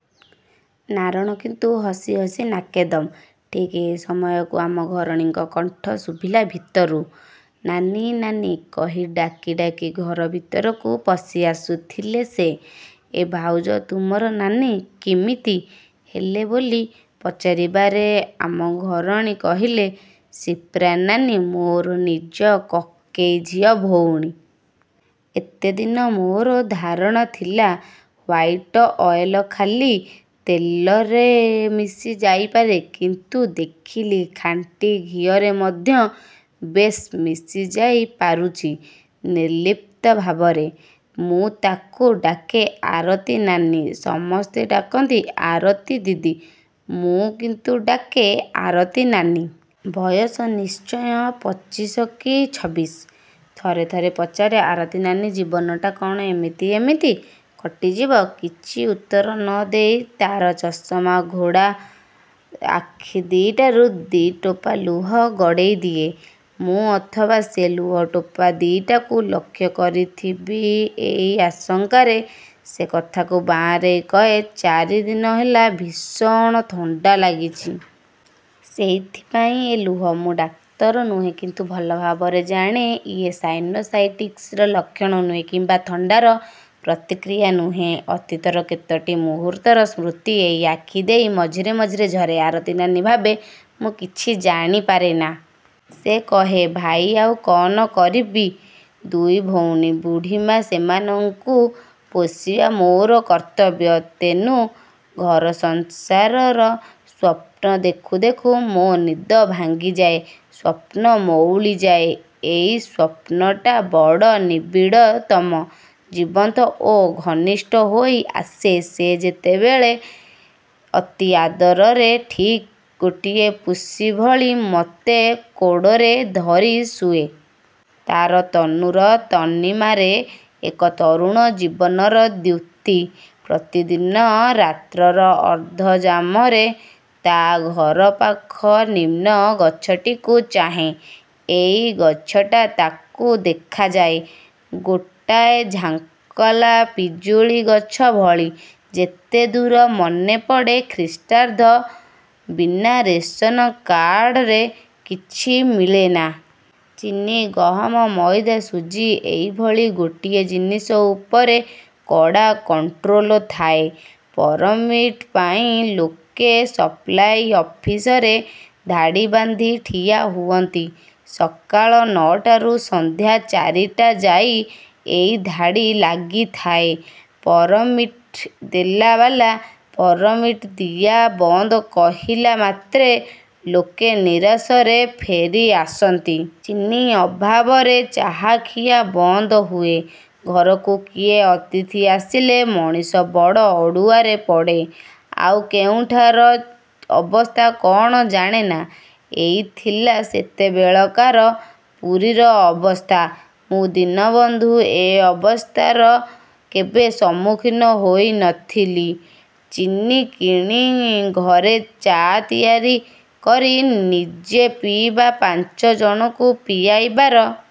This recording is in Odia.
ନାରଣ କିନ୍ତୁ ହସି ହସି ନାକେଦମ୍। ଠିକ ଏଇ ସମୟକୁ ଆମ ଘରଣୀଙ୍କ କଣ୍ଠ ଶୁଭିଲା ଭିତରୁ-ନାନୀ ନାନୀ କହି ଡାକି ଡାକି ଘର ଭିତରକୁ ପଶି ଆସୁଥିଲେ ସେ। ଏ ଭାଉଜ ତୁମର ନାନୀ-କିମିତି ହେଲେ ବୋଲି ପଚାରିବାରେ ଆମ ଘରଣୀ କହିଲେ- "ସିପ୍ରାନାନୀ ମୋର ନିଜ କକେଇ ଝିଅ ଭଉଣୀ''। ଏତେଦିନ ମୋର ଧାରଣା ଥିଲା-ହ୍ୱାଇଟ ଅୟଲ ଖାଲି ତେଲରେ ମିଶି ଯାଇପାରେ କିନ୍ତୁ ଦେଖିଲି ଖାଣ୍ଟି ଘିଅରେ ମଧ୍ୟ ବେଶ୍ ମିଶିଯାଇ ପାରୁଚି ନିର୍ଲିପ୍ତ ଭାବରେ। ମୁଁ ତାକୁ ଡାକେ ଆରତି ନାନୀ ସମସ୍ତେ ଡାକନ୍ତି ଆରତି ଦିଦି। ମୁଁ କିନ୍ତୁ ଡାକେ ଆରତୀ ନାନୀ। ବୟସ ନିଶ୍ଚୟ ପଚିଶକି ଛବିଶ୍। ଥରେ ଥରେ ପଚାରେ ଆରତୀ ନାନୀ ଜୀବନଟା କଣ ଏମିତି ଏମିତି କଟିଯିବ? କିଛି ଉତ୍ତର ନ ଦେଇ ତାର ଚଷମା ଘୋଡ଼ା ଆଖିଦି'ଟାରୁ ଦି ଟୋପା ଲୁହ ଗଡ଼େଇ ଦିଏ। ମୁଁ ଅଥବା ସେ ଲୁହ ଟୋପା ଦିଟାକୁ ଲକ୍ଷ୍ୟ କରିଥିବି ଏଇ ଆଶଙ୍କାରେ ସେ କଥାକୁ ବାଁରେଇ କହେ, ଚାରିଦିନ ହେଲା ଭୀଷଣ ଥଣ୍ଡା ଲାଗିଚି। ସେଇଥି ପାଇଁ ଏ ଲୁହ। ମୁଁ ଡାକ୍ତର ନୁହେଁ କିନ୍ତୁ ଭଲ ଭାବରେ ଜାଣେ ଇଏ ସାଇନୋ ସାଇଟିକ୍ସର ଲକ୍ଷଣ ନୁହେଁ। କିମ୍ବା ଥଣ୍ଡାର ପ୍ରତିକ୍ରିୟା ନୁହେଁ। ଅତୀତର କେତୋଟି ମୁହୂର୍ତ୍ତର ସ୍ମୃତି ଏଇ ଆଖି ଦେଇ ମଝିରେ ମଝିରେ ଝରେ। ଆରତୀ ନାନୀ ଭାବେ ମୁଁ କିଛି ଜାଣି ପାରେନା। ସେ କହେ ଭାଇ ଆଉ କନ କରିବି? ଦୁଇ ଭଉଣୀ, ବୁଢ଼ୀମା ସେମାନଙ୍କୁ ପୋଷିବା ମୋର କର୍ତ୍ତବ୍ୟ। ତେନୁ ଘରସଂସାରର ସ୍ୱପ୍ନ ଦେଖୁ ଦେଖୁ ମୋ ନିଦ ଭାଙ୍ଗିଯାଏ। ସ୍ୱପ୍ନ ମଉଳି ଯାଏ। ଏଇ ସ୍ୱପ୍ନଟା ବଡ଼ ନିବୀଡ଼ତମ, ଜୀବନ୍ତ ଓ ଘନିଷ୍ଠ ହୋଇ ଆସେ ସେ ଯେତେବେଳେ ଅତି ଆଦରରେ ଠିକ୍ ଗୋଟିଏ ପୁଷି ଭଳି ମତେ କୋଡ଼ରେ ଧରି ଶୁଏ। ତାର ତନୁର ତନିମାରେ ଏକ ତରୁଣ ଜୀବନର ଦ୍ୟୁତି। ପ୍ରତିଦିନ ରାତ୍ରର ଅର୍ଦ୍ଧ ଯାମରେ ତା ଘରପାଖ ନିମ୍ନ ଗଛଟିକୁ ଚାହେଁ-। ଏଇ ଗଛଟା ତାକୁ ଦେଖାଯାଏ ଗୋଟାଏ ଝାଙ୍କଲା ପିଜୁଳି ଗଛ ଭଳି। ଯେତେଦୂର ମନେ ପଡ଼େ ଖ୍ରୀଷ୍ଟାବ୍ଦ। ବିନା ରେଶନ କାର୍ଡରେ କିଛି ମିଳେନା। ଚିନି, ଗହମ, ମଇଦା, ସୁଜି ଏଇଭଳି ଗୁଡ଼ିଏ ଜିନିଷ ଉପରେ କଡ଼ା କଂଟ୍ରୋଲ ଥାଏ। ପରମିଟ୍ ପାଇଁ ଲୋକେ ସପ୍ଲାଇ ଅଫିସରେ ଧାଡ଼ି ବାନ୍ଧି ଠିଆ ହୁଅନ୍ତି। ସକାଳ ନ'ଟାରୁ ସନ୍ଧ୍ୟା ଚାରିଟା ଯାଇ। ଏଇ ଧାଡ଼ି ଲାଗିଥାଏ। ପରମିଟ୍ ଦେଲା ବାଲା, ପରମିଟ୍ ଦିଆ ବନ୍ଦ କହିଲା ମାତ୍ରେ ଲୋକେ ନିରାଶରେ ଫେରି ଆସନ୍ତି। ଚିନି ଅଭାବରେ ଚାହାଖିଆ ବନ୍ଦ ହୁଏ। ଘରକୁ କିଏ ଅତିଥି ଆସିଲେ ମଣିଷ ବଡ଼ ଅଡ଼ୁଆରେ ପଡ଼େ। ଆଉ କେଉଁଠାର ଅବସ୍ଥା କଣ ଜାଣେନା। ଏଇଥିଲା ସେତେବେଳେକାର ପୁରୀର ଅବସ୍ଥା। ମୁଁ ଦୀନବନ୍ଧୁ ଏ ଅବସ୍ଥାର କେବେ ସମ୍ମୁଖୀନ ହୋଇ ନ ଥିଲି-। ଚିନି କିଣି ଘରେ ଚା' ତିଆରି କରି ନିଜେ ପିଇବା ପାଞ୍ଚଜଣଙ୍କୁ ପିଆଇବାର